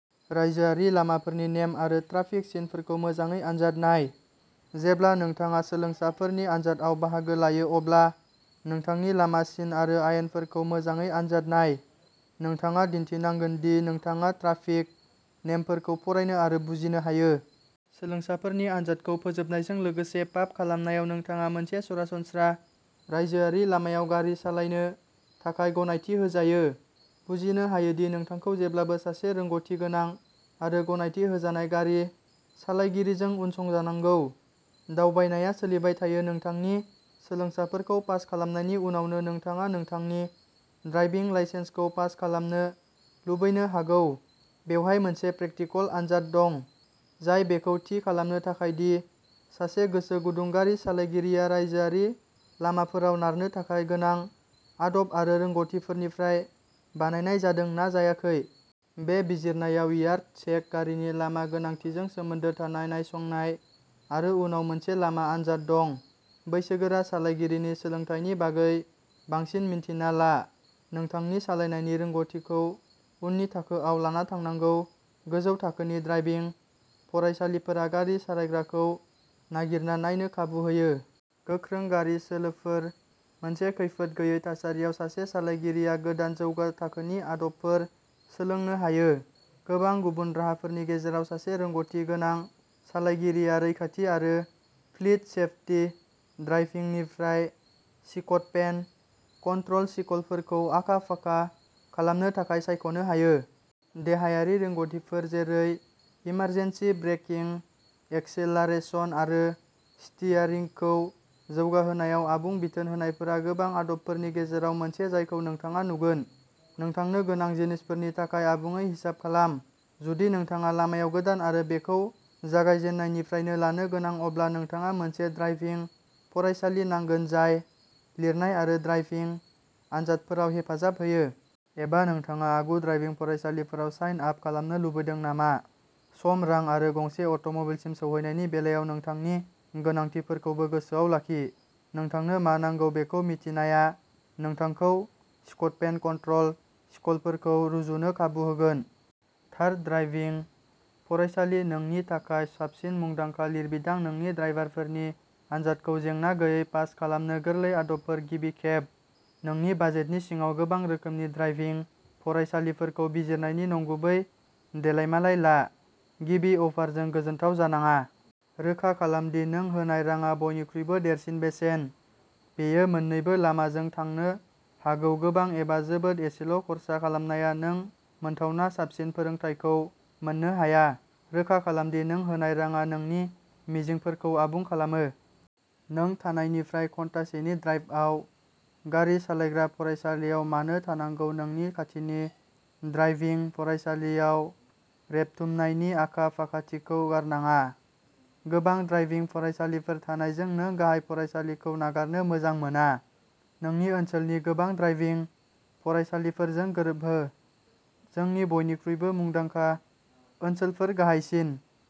रायजोआरि लामाफोरनि नेम आरो ट्राफिक सिनफोरखौ मोजाङै आनजाद नाय। जेब्ला नोंथाङा सोलोंसाफोरनि आन्जादआव बाहागो लायो अब्ला नोंथांनि लामा सिन आरो आयेनफोरखौ मोजाङै आनजाद नाय। नोंथाङा दिन्थिनांगोन दि नोंथाङा ट्राफिक नेमफोरखौ फरायनो आरो बुजिनो हायो। सोलोंसाफोरनि आनजादखौ फोजोबनायजों लोगोसे पास खालामनायाव नोंथाङा मोनसे सरासनस्रा रायजोआरि लामायाव गारि सालायनो थाखाय गनायथि होजायो। बुजिनो हायो दि नोंथांखौ जेब्लाबो सासे रोंग'थिगोनां आरो गनायथि होजानाय गारि सालायगिरिजों उनसंजानांगौ। दावबायनाया सोलिबाय थायो नोंथांनि सोलोंसाफोरखौ पास खालामनायनि उनावनो नोंथाङा नोंथांनि ड्राइभिं लाइसेन्सखौ पास खालामनो लुबैनो हागौ बेवहाय मोनसे प्रेकटिकल आनजाद दं जाय बेखौ थि खालामनो थाखाय दि सासे गोसो गुदुं गारि सालायगिरिया रायजोआरि लामाफोराव नारनो थाखाय गोनां आदब आरो रोंग'थिफोरनिफ्राय बानायनाय जादों ना जायाखै। बे बिजिरनायाव यार्ड चेक गारिनि लामा गोनांथिजों सोमोन्दो थानाय नायसंनाय आरो उनाव मोनसे लामा आनजाद दं। बैसोगोरा सालायगिरिनि सोलोंथायनि बागै बांसिन मिन्थिना ला। नोंथांनि सालायनायनि रोंग'थिखौ उननि थाखोआव लाना थांनांगौ गोजौ थाखोनि ड्राइभिं फरायसालिफोरा गारि सालायग्राखौ नागिरना नायनो खाबु होयो। गोख्रों गारि सोलोफोर मोनसे खैफोद गैयै थासारियाव सासे सालायगिरिया गोदान जौगा थाखोनि आदबफोर सोलोंनो हायो। गोबां गुबुन राहाफोरनि गेजेराव सासे रोंग'थि गोनां सालायगिरिया रैखाथि आरो फ्लीट सेफटि ड्राइभिंनिफ्राय स्किडपेन कन्ट्रल स्किलफोरखौ आखा फाखा खालामनो थाखाय सायख'नो हायो। देहायारि रोंग'थिफोर जेरै इमारजेन्सि ब्रेकिं एक्सेलारेशन आरो स्टीयारिंगखौ जौगाहोनायाव आबुं बिथोन होनायफोरा गोबां आदबफोरनि गेजेराव मोनसे जायखौ नोंथाङा नुगोन। नोंथांनो गोनां जिनिसफोरनि थाखाय आबुङै हिसाब खालाम। जुदि नोंथाङा लामायाव गोदान आरो बेखौ जागायजेननायनिफ्रायनो लानो गोनां अब्ला नोंथाङा मोनसे ड्राइभिं फरायसालि नांगोन जाय लिरनाय आरो ड्राइभिं आनजादफोराव हेफाजाब होयो। एबा नोंथाङा आगु ड्राइभिं फरायसालिफोराव साइन आप खालामनो लुबैदों नामा सम रां आरो गंसे अट'मबाइलसिम सौहैनायनि बेलायाव नोंथांनि गोनांथिफोरखौबो गोसोआव लाखि। नोंथांनो मा नांगौ बेखौ मिथिनाया नोंथांखौ स्किडपेन कन्ट्रल स्किलफोरखौ रुजुनो खाबु होगोन। थार ड्राइभिं फरायसालि नोंनि थाखाय साबसिन मुंदांखा लिरबिदां नोंनि ड्राइभारफोरनि आनजादखौ जेंना गैयै पास खालामनो गोरलै आदबफोर गिबि खेब। नोंनि बाजेटनि सिङाव गोबां रोखोमनि ड्राइभिं फरायसालिफोरखौ बिजिरनायनि नंगुबै देलायमालाय ला। गिबि अफारजों गोजोनथाव जानाङा। रोखा खालाम दि नों होनाय राङा बयनिख्रुइबो देरसिन बेसेन। बेयो मोन्नैबो लामाजों थांनो हागौ गोबां एबा जोबोद एसेल'खर्सा खालामनाया नों मोनथावना साबसिन फोरोंथायखौ मोननो हाया। रोखा खालाम दि नों होनाय राङा नोंनि मिजिंफोरखौ आबुं खालामो। नों थानायनिफ्राय घन्टासेनि ड्राइभआव गारि सालायग्रा फरायसालियाव मानो थांनांगौ नोंनि खाथिनि ड्राइभिं फरायसालियाव रेबथुमनायनि आखा फाखाथिखौ नागारनाङा। गोबां ड्राइभिं फरायसालिफोर थानायजों नों गाहाय फरायसालिखौ नागारनो मोजां मोना। नोंनि ओनसोलनि गोबां ड्राइभिं फरायसालिफोरजों गोरोबहो। जोंनि बयनिख्रुइबो मुंदांखा ओनसोलफोर गाहायसिन।